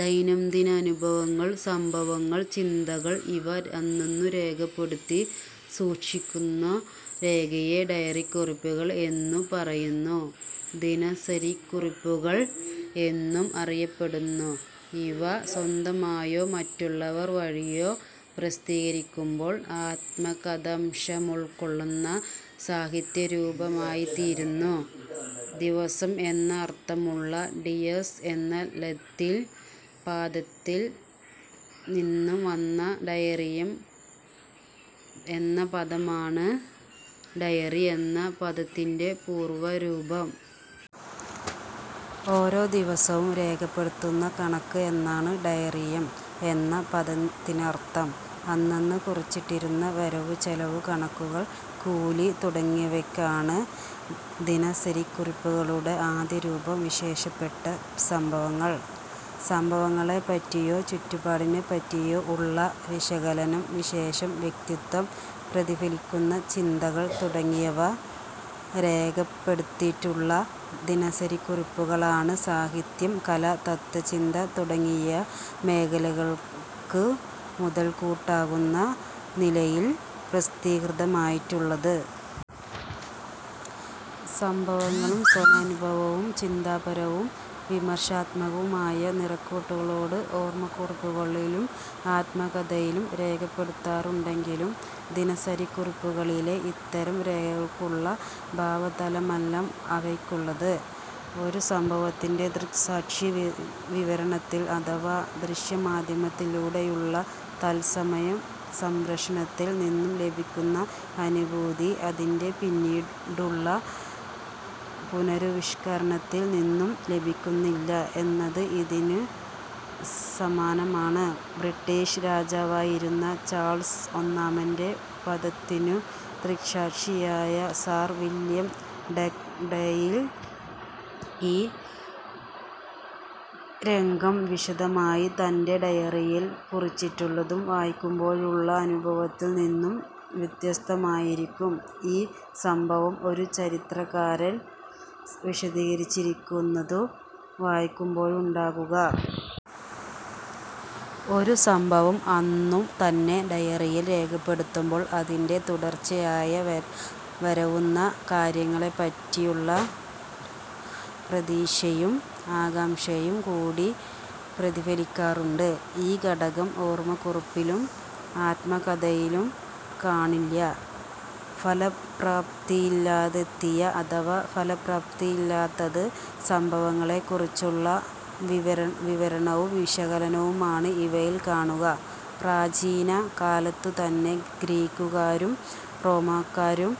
ദൈനംദിനാനുഭവങ്ങൾ, സംഭവങ്ങൾ, ചിന്തകൾ ഇവ അന്നന്നു രേഖപ്പെടുത്തി സൂക്ഷിക്കുന്ന രേഖയെ ഡയറികുറിപ്പുകൾ എന്നു പറയുന്നു. ദിനസരിക്കുറിപ്പുകൾ എന്നും അറിയപ്പെടുന്നു. ഇവ സ്വന്തമായോ മറ്റുള്ളവർ വഴിയോ പ്രസിദ്ധീകരിക്കുമ്പോൾ ആത്മകഥാംശമുൾക്കൊള്ളുന്ന സാഹിത്യരൂപമായിത്തീരുന്നു. ദിവസം എന്ന് അർഥമുള്ള ഡീയസ് എന്ന ലത്തീൻ പാ ദത്തിൽ നിന്നു വന്ന ഡയറിയം എന്ന പദമാണ് ഡയറി എന്ന പദത്തിന്റെ പൂർവരൂപം. ഓരോ ദിവസവും രേഖപ്പെടുത്തുന്ന കണക്ക് എന്നാണ് ഡയാറിയം എന്ന പദത്തിനർഥം. അന്നന്നു കുറിച്ചിട്ടിരുന്ന വരവു ചെലവു കണക്കുകൾ, കൂലി തുടങ്ങിയവയാകണം ദിനസരിക്കുറിപ്പുകളുടെ ആദ്യ രൂപം. വിശേഷപ്പെട്ട സംഭവങ്ങൾ, സംഭവങ്ങളെപ്പറ്റിയോ ചുറ്റുപാടിനെപ്പറ്റിയോ ഉള്ള വിശകലനം, വിശേഷ വ്യക്തിത്വം പ്രതിഫലിക്കുന്ന ചിന്തകൾ തുടങ്ങിയവ രേഖപ്പെടുത്തിയിട്ടുള്ള ദിനസരിക്കുറിപ്പുകളാണ് സാഹിത്യം, കല, തത്ത്വചിന്ത തുടങ്ങിയ മേഖലകൾക്കു മുതൽക്കൂട്ടാകുന്ന നിലയിൽ പ്രസിദ്ധീകൃതമായിട്ടുള്ളത്. സംഭവങ്ങളും സ്വാനുഭവവും ചിന്താപരവും വിമർശാത്മകവുമായ നിറക്കൂട്ടുകളോടെ ഓർമക്കുറിപ്പുകളിലും ആത്മകഥയിലും രേഖപ്പെടുത്താറുണ്ടെങ്കിലും ദിനസരിക്കുറിപ്പുകളിലെ ഇത്തരം രേഖകൾക്കുള്ള ഭാവതലമല്ല അവയ്ക്കുള്ളത്. ഒരു സംഭവത്തിന്റെ ദൃക്സാക്ഷി വിവരണത്തിൽ, അഥവാ ദൃശ്യമാധ്യമത്തിലൂടെയുള്ള തത്സമയ സംപ്രേഷണത്തിൽ നിന്നു ലഭിക്കുന്ന അനുഭൂതി അതിന്റെ പിന്നീടുള്ള പുനരാവിഷ്കരണത്തിൽ നിന്നു ലഭിക്കുന്നില്ല എന്നത് ഇതിനു സമാനമാണ്. ബ്രിട്ടിഷ് രാജാവായിരുന്ന ചാൾസ് ഒന്നാമന്റെ വധത്തിനു ദൃക്സാക്ഷിയായ സർ വില്യം ഡഗ്ഡെയിൽ ഈ രംഗം വിശദമായി തന്റെ ഡയറിയിൽ കുറിച്ചിട്ടതു വായിക്കുമ്പോഴുള്ള അനുഭവത്തിൽ നിന്ന് വ്യത്യസ്തമായിരിക്കും ഈ സംഭവം ഒരു ചരിത്രകാരൻ വിശദീകരിച്ചിരിക്കുന്നതു വായിക്കുമ്പോഴുണ്ടാകുക. ഒരു സംഭവം അന്നു തന്നെ ഡയറിയിൽ രേഖപ്പെടുത്തുമ്പോൾ അതിന്റെ തുടർച്ചയായി വരാവുന്ന കാര്യങ്ങളെപ്പറ്റിയുള്ള പ്രതീക്ഷയും ആകാംക്ഷയും കൂടി പ്രതിഫലിക്കാറുണ്ട്. ഈ ഘടകം ഓർമക്കുറിപ്പിലും ആത്മകഥയിലും കാണില്ല. ഫലപ്രാപ്തിയിലെത്തിയ അഥവാ ഫലപ്രാപ്തിയിലെത്താത്ത സംഭവങ്ങളെക്കുറിച്ചുള്ള വിവരണവും വിശകലനവുമാണ് ഇവയിൽ കാണുക. പ്രാചീന കാലത്തു തന്നെ ഗ്രീക്കുകാരും റോമാക്കാരും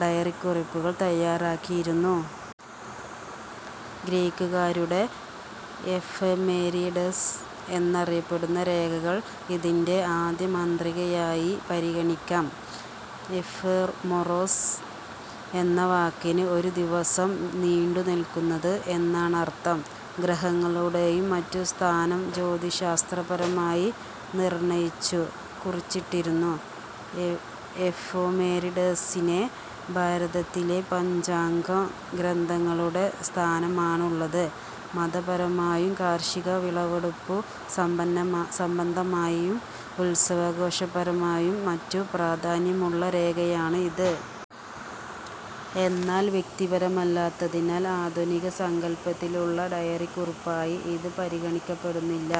ഡയറിക്കുറിപ്പുകൾ തയ്യാറാക്കിയിരുന്നു. ഗ്രീക്കുകാരുടെ എഫെമെരിഡെസ് എന്നറിയപ്പെടുന്ന രേഖകൾ ഇതിന്റെ ആദ്യമാതൃകയായി പരിഗണിക്കാം. എഫെമെറോസ് എന്ന വാക്കിന് ഒരു ദിവസം നീണ്ടു നിൽക്കുന്നത് എന്നാണർഥം. ഗ്രഹങ്ങളുടെയും മറ്റും സ്ഥാനം ജ്യോതിശ്ശാസ്ത്രപരമായി നിർണയിച്ചു കുറിച്ചിട്ടിരുന്ന എഫെമെരിഡെസിന് ഭാരതത്തിലെ പഞ്ചാംഗ ഗ്രന്ഥങ്ങളുടെ സ്ഥാനമാണുള്ളത്. മതപരമായും കാർഷിക വിളവെടുപ്പു സംബന്ധമായും ഉത്സവാഘോഷപരമായും മറ്റും പ്രാധാന്യമുള്ള രേഖയാണ് ഇത്. എന്നാൽ വ്യക്തിപരമല്ലാത്തതിനാൽ ആധുനിക സങ്കല്പത്തിലുള്ള ഡയറിക്കുറിപ്പായി ഇത് പരിഗണിക്കപ്പെടുന്നില്ല.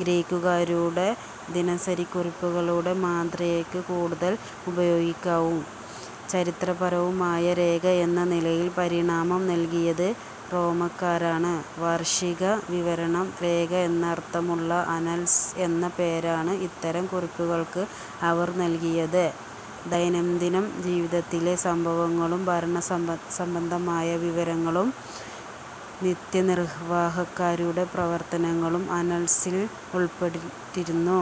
ഗ്രീക്കുകാരുടെ ദിനസരിക്കുറിപ്പുകളുടെ മാതൃകയ്ക്ക് കൂടുതൽ പ്രായോഗികവും ചരിത്രപരവുമായ രേഖ എന്ന നിലയിൽ പരിണാമം നൽകിയത് റോമാക്കാരാണ്. വാർഷിക വിവരണ രേഖ എന്നർഥമുള്ള അനൽസ് എന്ന പേരാണ് ഇത്തരം കുറിപ്പുകൾക്ക് അവർ നൽകിയത്. ദൈനംദിന ജീവിതത്തിലെ സംഭവങ്ങളും ഭരണസംബന്ധമായ വിവരണങ്ങളും നിത്യ നിർവാഹകരുടെ പ്രവർത്തനങ്ങളും അനൽസിൽ ഉൾപ്പെട്ടിരുന്നു.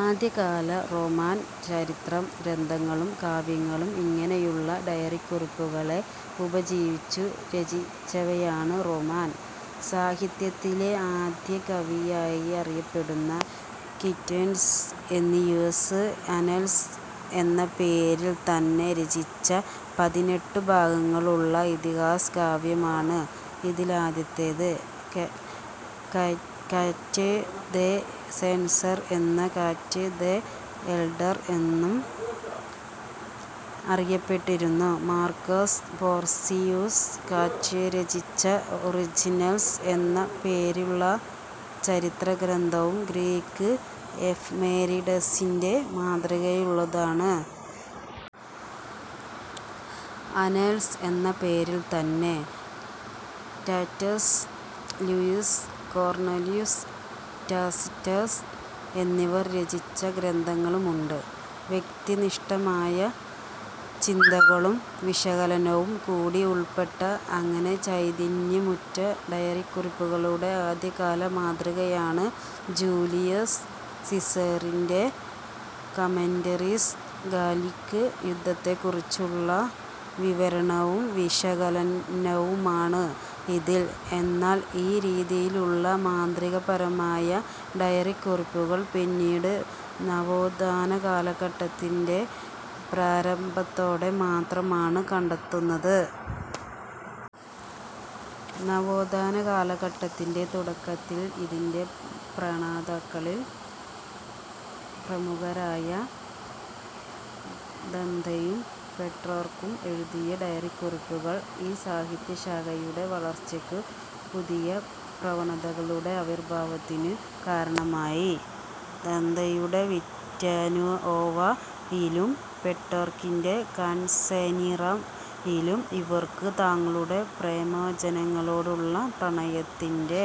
ആദ്യകാല റോമൻ ചരിത്ര ഗ്രന്ഥങ്ങളും കാവ്യങ്ങളും ഇങ്ങനെയുള്ള ഡയറിക്കുറിപ്പുകളെ ഉപജീവിച്ചു രചിച്ചവയാണ്. റോമൻ സാഹിത്യത്തിലെ ആദികവിയായറിയപ്പെടുന്ന ക്വിന്റസ് എന്നിയുസ് അനൽസ് എന്ന പേരിൽത്തന്നെ രചിച്ച പതിനെട്ടു ഭാഗങ്ങളുള്ള ഇതിഹാസ കാവ്യമാണ് ഇതിലാദ്യത്തേത്. കറ്റ ദ് സെൻസർ എന്നും കറ്റ ദ് എൽഡർ എന്നും അറിയപ്പെട്ടിരുന്ന മാർകസ് പോർസിയുസ് കറ്റൊ രചിച്ച ഒറിജിൻസ് എന്ന പേരിലുള്ള ചരിത്രഗ്രന്ഥവും ഗ്രീക്ക് എഫെമെരിഡെസിന്റെ മാതൃകയിലുള്ളതാണ്. അനൽസ് എന്ന പേരിൽത്തന്നെ റ്ററ്റസ് ലിയൂസ്, കോർണലിയൂസ് റ്റാറ്റസ് എന്നിവർ രചിച്ച ഗ്രന്ഥങ്ങളുമുണ്ട്. വ്യക്തിനിഷ്ഠമായ ചിന്തകളും വിശകലനവും കൂടി ഉൾപ്പെട്ട, അങ്ങനെ ചൈതന്യമുറ്റ ഡയറിക്കുറിപ്പുകളുടെ ആദ്യകാല മാതൃകയാണ് ജൂലിയസ് സീസറിന്റെ കമന്ററീസ്. ഗാലിക് യുദ്ധത്തെക്കുറിച്ചുള്ള വിവരണവും വിശകലനവുമാണ് ഇതിൽ. എന്നാൽ ഈ രീതിയിലുള്ള മാതൃകാപരമായ ഡയറിക്കുറിപ്പുകൾ പിന്നീട് നവോത്ഥാനകാലഘട്ടത്തിന്റെ പ്രാരംഭത്തോടെ മാത്രമാണ് കണ്ടെത്തുന്നത്. നവോത്ഥാന കാലഘട്ടത്തിന്റെ തുടക്കത്തിൽ ഇതിന്റെ പ്രണതാക്കളിൽ പ്രമുഖരായ ദന്തെയും പെട്രാർക്കും എഴുതിയ ഡയറിക്കുറിപ്പുകൾ ഈ സാഹിത്യശാഖയുടെ വളർച്ചയ്ക്കും പുതിയ പ്രവണതകളുടെ ആവിർഭാവത്തിനും കാരണമായി. ദാന്തെയുടെ വിറ്റ നുഒവ യിലും പെട്രാർക്കിന്റെ കൻസനീറെ യിലും ഇവർക്ക് തങ്ങളുടെ പ്രേമാജനങ്ങളോടുള്ള പ്രണയത്തിന്റെ